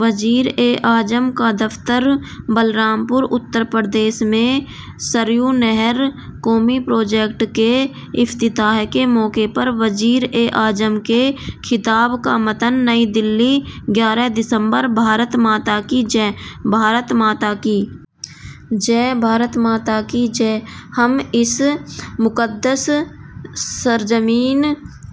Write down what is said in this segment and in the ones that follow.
وزیراعظم کا دفتر بلرام پور اتر پردیش میں سریو نہر قومی پروجیکٹ کے افتتاح کے موقع پر وزیراعظم کے خطاب کا متن نئی دہلی گیارہ دسمبر بھارت ماتا کی جئے بھارت ماتا کی جئے بھارت ماتا کی جئے ہم اس مقدس سرزمین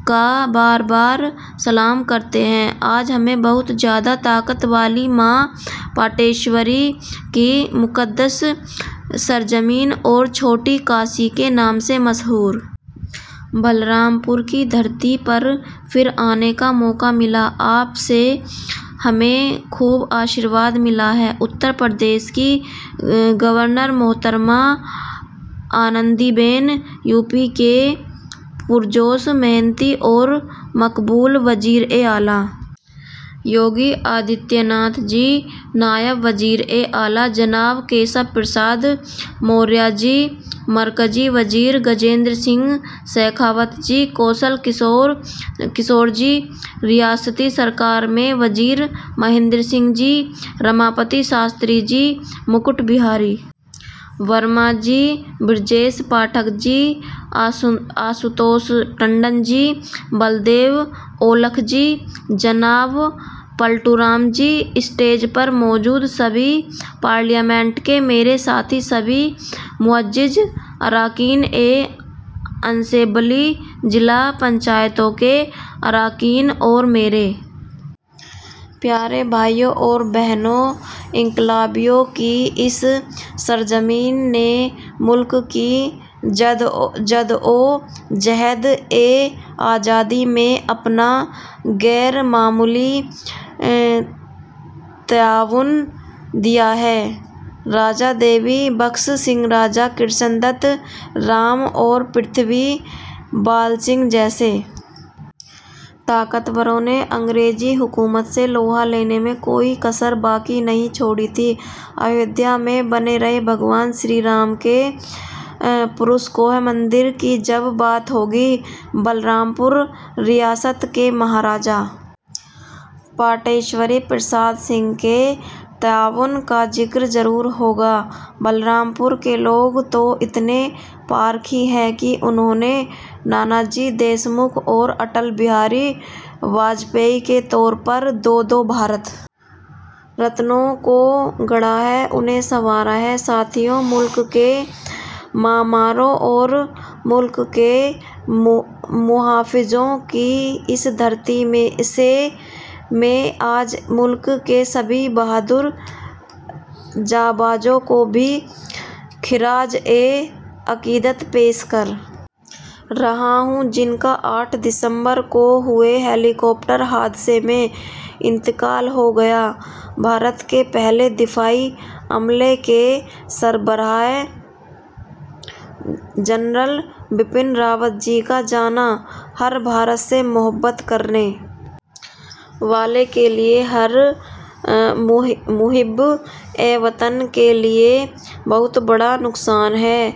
کا بار بار سلام کرتے ہیں آج ہمیں بہت زیادہ طاقت والی ماں پاٹیشوری کی مقدس سرزمین اور چھوٹی کاشی کے نام سے مشہور بلرام پور کی دھرتی پر پھر آنے کا موقع ملا آپ سے ہمیں خوب آشیرواد ملا ہے اتر پردیش کی گورنر محترمہ آنندی بین یو پی کے پرجوش محنتی اور مقبول وزیر اعلیٰ یوگی آدتیہ ناتھ جی نائب وزیر اعلیٰ جناب کیشور پرساد موریا جی مرکزی وزیر گجیندر سنگھ شیخاوت جی کوشل کشور جی ریاستی سرکار میں وزیر مہندر سنگھ جی رماپتی شاستری جی مکٹ بہاری ورما جی برجیش پاٹھک جی آشوتوش ٹنڈن جی بلدیو اولاکھ جی جناب پلٹو رام جی اسٹیج پر موجود سبھی پارلیمنٹ کے میرے ساتھی سبھی معزز اراکین اسمبلی ضلع پنچایتوں کے اراکین اور میرے پیارے بھائیوں اور بہنو انقلابیوں کی اس سرزمین نے ملک کی جدوجہد آزادی میں اپنا غیر معمولی تعاون دیا ہے راجا دیوی بخش سنگھ راجا کرشن دت رام اور پرتھوی بال سنگھ جیسے طاقتوروں نے انگریزی حکومت سے لوہا لینے میں کوئی کسر باقی نہیں چھوڑی تھی اجودھیا میں بن رہے بھگوان شری رام کے پرشکوہ مندر کی جب بات ہوگی بلرام پور ریاست کے مہاراجا پاٹیشوری پرساد سنگھ کے تعاون کا ذکر ضرور ہوگا بلرام پور کے لوگ تو اتنے پارکھی ہیں کہ انہوں نے نانا جی دیشمکھ اور اٹل بہاری واجپئی کے طور پر دو دو بھارت رتنوں کو گڑھا ہے انہیں سنوارا ہے ساتھیو ملک کے معماروں اور ملک کے محافظوں کی اس دھرتی سے میں آج ملک کے ان سبھی بہادر جانبازوں کو بھی خراج عقیدت پیش کر رہا ہوں جن کا آٹھ دسمبر کو ہوئے ہیلی کاپٹر حادثے میں انتقال ہو گیا بھارت کے پہلے دفاعی عملے کے سربراہ جنرل بپن راوت جی کا جانا ہر بھارت سے محبت کرنے والے کے لیے ہر محب وطن کے لیے بہت بڑا نقصان ہے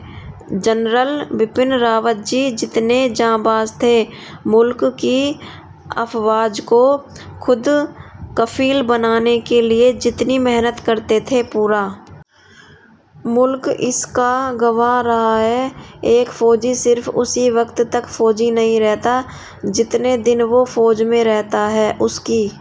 جنرل بپن راوت جی جتنے جانباز تھے ملک کی افواج کو خود کفیل بنانے کے لیے جتنی محنت کرتے تھے پورا ملک اس کا گواہ رہا ہے ایک فوجی صرف اسی وقت تک فوجی نہیں رہتا جتنے دن وہ فوج میں رہتا ہے اس کی